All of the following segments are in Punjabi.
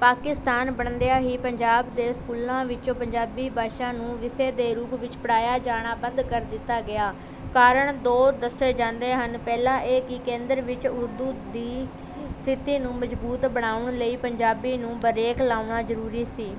ਪਾਕਿਸਤਾਨ ਬਣਦਿਆਂ ਹੀ ਪੰਜਾਬ ਦੇ ਸਕੂਲਾਂ ਵਿੱਚੋਂ ਪੰਜਾਬੀ ਭਾਸ਼ਾ ਨੂੰ ਵਿਸ਼ੇ ਦੇ ਰੂਪ ਵਿੱਚ ਪੜ੍ਹਾਇਆ ਜਾਣਾ ਬੰਦ ਕਰ ਦਿੱਤਾ ਗਿਆ। ਕਾਰਨ ਦੋ ਦੱਸੇ ਜਾਂਦੇ ਹਨ। ਪਹਿਲਾ ਇਹ ਕਿ ਕੇਂਦਰ ਵਿੱਚ ਉਰਦੂ ਦੀ ਸਥਿਤੀ ਨੂੰ ਮਜ਼ਬੂਤ ਬਣਾਉਣ ਲਈ ਪੰਜਾਬੀ ਨੂੰ 'ਬਰੇਕ' ਲਾਉਣਾ ਜ਼ਰੂਰੀ ਸੀ।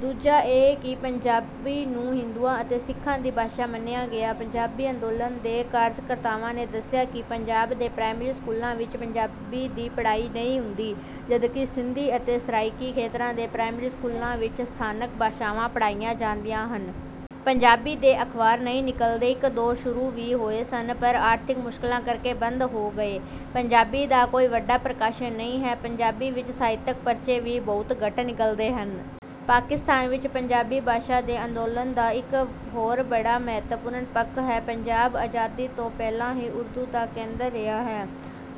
ਦੂਜਾ ਇਹ ਕਿ ਪੰਜਾਬੀ ਨੂੰ ਹਿੰਦੂਆਂ ਅਤੇ ਸਿੱਖਾਂ ਦੀ ਭਾਸ਼ਾ ਮੰਨਿਆ ਗਿਆ। ਪੰਜਾਬੀ ਅੰਦੋਲਨ ਦੇ ਕਾਰਜਕਰਤਾਵਾਂ ਨੇ ਦੱਸਿਆ ਕਿ ਪੰਜਾਬ ਦੇ ਪ੍ਰਾਇਮਰੀ ਸਕੂਲਾਂ ਵਿੱਚ ਪੰਜਾਬੀ ਦੀ ਪੜ੍ਹਾਈ ਨਹੀਂ ਹੁੰਦੀ, ਜਦਕਿ ਸਿੰਧੀ ਅਤੇ ਸਰਾਈਕੀ ਖੇਤਰਾਂ ਦੇ ਪ੍ਰਾਇਮਰੀ ਸਕੂਲਾਂ ਵਿੱਚ ਸਥਾਨਕ ਭਾਸ਼ਾਵਾਂ ਪੜ੍ਹਾਈਆਂ ਜਾਂਦੀਆਂ ਹਨ। ਪੰਜਾਬੀ ਦੇ ਅਖ਼ਬਾਰ ਨਹੀਂ ਨਿਕਲਦੇ। ਇੱਕ-ਦੋ ਸ਼ੁਰੂ ਵੀ ਹੋਏ ਸਨ, ਪਰ ਆਰਥਿਕ ਮੁਸ਼ਕਲਾਂ ਕਰਕੇ ਬੰਦ ਹੋ ਗਏ। ਪੰਜਾਬੀ ਦਾ ਕੋਈ ਵੱਡਾ ਪ੍ਰਕਾਸ਼ਨ ਨਹੀਂ ਹੈ। ਪੰਜਾਬੀ ਵਿੱਚ ਸਾਹਿਤਕ ਪਰਚੇ ਵੀ ਬਹੁਤ ਘੱਟ ਨਿਕਲਦੇ ਹਨ। ਪਾਕਿਸਤਾਨ ਵਿੱਚ ਪੰਜਾਬੀ ਭਾਸ਼ਾ ਦੇ ਅੰਦੋਲਨ ਦਾ ਇੱਕ ਹੋਰ ਬੜਾ ਮਹੱਤਵਪੂਰਨ ਪੱਖ ਹੈ। ਪੰਜਾਬ ਆਜ਼ਾਦੀ ਤੋਂ ਪਹਿਲਾਂ ਹੀ ਉਰਦੂ ਦਾ ਕੇਂਦਰ ਰਿਹਾ ਹੈ।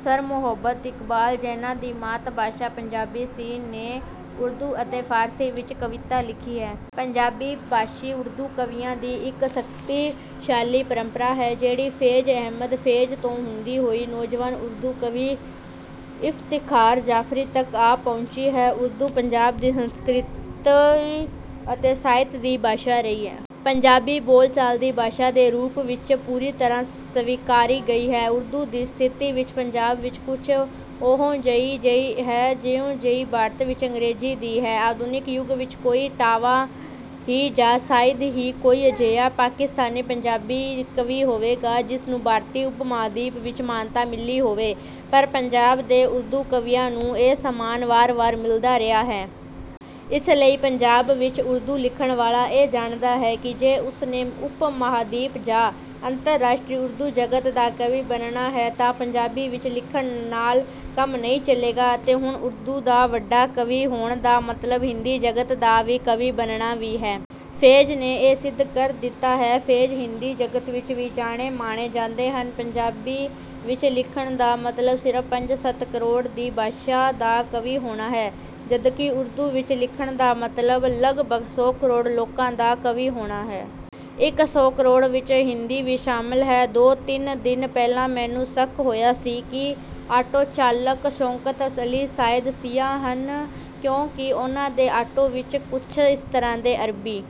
ਸਰ ਮੁਹੰਮਦ ਇਕਬਾਲ, ਜਿਹਨਾਂ ਦੀ ਮਾਤ-ਭਾਸ਼ਾ ਪੰਜਾਬੀ ਸੀ, ਨੇ ਉਰਦੂ ਅਤੇ ਫ਼ਾਰਸੀ ਵਿੱਚ ਕਵਿਤਾ ਲਿਖੀ ਹੈ। ਪੰਜਾਬੀ-ਭਾਸ਼ੀ ਉਰਦੂ ਕਵੀਆਂ ਦੀ ਇੱਕ ਸ਼ਕਤੀਸ਼ਾਲੀ ਪਰੰਪਰਾ ਹੈ ਜਿਹੜੀ ਫ਼ੈਜ਼ ਅਹਿਮਦ 'ਫ਼ੈਜ਼' ਤੋਂ ਹੁੰਦੀ ਹੋਈ ਨੌਜਵਾਨ ਉਰਦੂ ਕਵੀ ਇਫ਼ਤਿਖ਼ਾਰ ਜਾਫ਼ਰੀ ਤੱਕ ਆ ਪਹੁੰਚੀ ਹੈ। ਉਰਦੂ, ਪੰਜਾਬ ਦੀ ਸੰਸਕ੍ਰਿਤੀ ਅਤੇ ਸਾਹਿਤ ਦੀ ਭਾਸ਼ਾ ਰਹੀ ਹੈ। ਪੰਜਾਬੀ, ਬੋਲਚਾਲ ਦੀ ਭਾਸ਼ਾ ਦੇ ਰੂਪ ਵਿੱਚ ਪੂਰੀ ਤਰ੍ਹਾਂ ਸਵੀਕਾਰੀ ਗਈ ਹੈ। ਉਰਦੂ ਦੀ ਸਥਿਤੀ ਪੰਜਾਬ ਵਿੱਚ ਕੁਝ ਉਹੋ-ਜਿਹੀ ਹੈ ਜਿਹੋ-ਜਿਹੀ ਭਾਰਤ ਵਿੱਚ ਅੰਗਰੇਜ਼ੀ ਦੀ ਹੈ। ਆਧੁਨਿਕ ਯੁੱਗ ਵਿੱਚ ਕੋਈ ਟਾਵਾਂ ਹੀ ਜਾਂ ਸ਼ਾਇਦ ਹੀ ਕੋਈ ਅਜਿਹਾ ਪਾਕਿਸਤਾਨੀ ਪੰਜਾਬੀ ਕਵੀ ਹੋਵੇਗਾ ਜਿਸ ਨੂੰ ਭਾਰਤੀ ਉਪ-ਮਹਾਂਦੀਪ ਵਿੱਚ ਮਾਨਤਾ ਮਿਲੀ ਹੋਵੇ, ਪਰ ਪੰਜਾਬ ਦੇ ਉਰਦੂ ਕਵੀਆਂ ਨੂੰ ਇਹ ਸਨਮਾਨ ਵਾਰ-ਵਾਰ ਮਿਲਦਾ ਰਿਹਾ ਹੈ। ਇਸ ਲਈ ਪੰਜਾਬ ਵਿੱਚ ਉਰਦੂ ਲਿਖਣ ਵਾਲਾ ਇਹ ਜਾਣਦਾ ਹੈ ਕਿ ਜੇ ਉਸ ਨੇ ਉਪ-ਮਹਾਂਦੀਪ ਜਾਂ ਅੰਤਰਰਾਸ਼ਟਰੀ ਉਰਦੂ ਜਗਤ ਦਾ ਕਵੀ ਬਣਨਾ ਹੈ, ਤਾਂ ਪੰਜਾਬੀ ਵਿੱਚ ਲਿਖਣ ਨਾਲ ਕੰਮ ਨਹੀਂ ਚੱਲੇਗਾ ਅਤੇ ਹੁਣ ਉਰਦੂ ਦਾ ਵੱਡਾ ਕਵੀ ਹੋਣ ਦਾ ਮਤਲਬ ਹਿੰਦੀ ਜਗਤ ਦਾ ਕਵੀ ਬਣਨਾ ਵੀ ਹੈ। 'ਫ਼ੈਜ਼' ਨੇ ਇਹ ਸਿੱਧ ਕਰ ਦਿੱਤਾ ਹੈ। 'ਫ਼ੈਜ਼' ਹਿੰਦੀ ਜਗਤ ਵਿੱਚ ਵੀ ਜਾਣੇ-ਮਾਣੇ ਜਾਂਦੇ ਹਨ। ਪੰਜਾਬੀ ਵਿੱਚ ਲਿਖਣ ਦਾ ਮਤਲਬ ਸਿਰਫ਼ ਪੰਜ-ਸੱਤ ਕਰੋੜ ਦੀ ਭਾਸ਼ਾ ਦਾ ਕਵੀ ਹੋਣਾ ਹੈ, ਜਦਕਿ ਉਰਦੂ ਵਿੱਚ ਲਿਖਣ ਦਾ ਮਤਲਬ ਲਗਭਗ ਸੌ ਕਰੋੜ ਲੋਕਾਂ ਦਾ ਕਵੀ ਹੋਣਾ ਹੈ। ਇਸ ਸੌ ਕਰੋੜ ਵਿੱਚ ਹਿੰਦੀ ਵੀ ਸ਼ਾਮਲ ਹੈ। ਦੋ-ਤਿੰਨ ਦਿਨ ਪਹਿਲਾਂ ਮੈਨੂੰ ਸ਼ੱਕ ਹੋਇਆ ਸੀ ਕਿ ਆਟੋ ਚਾਲਕ ਸ਼ੌਕਤ ਅਲੀ ਸ਼ਾਇਦ ਸ਼ੀਆ ਹਨ ਕਿਉਂਕਿ ਉਹਨਾਂ ਦੇ ਆਟੋ ਵਿੱਚ ਕੁਝ ਇਸ ਤਰ੍ਹਾਂ ਦੇ ਅਰਬੀ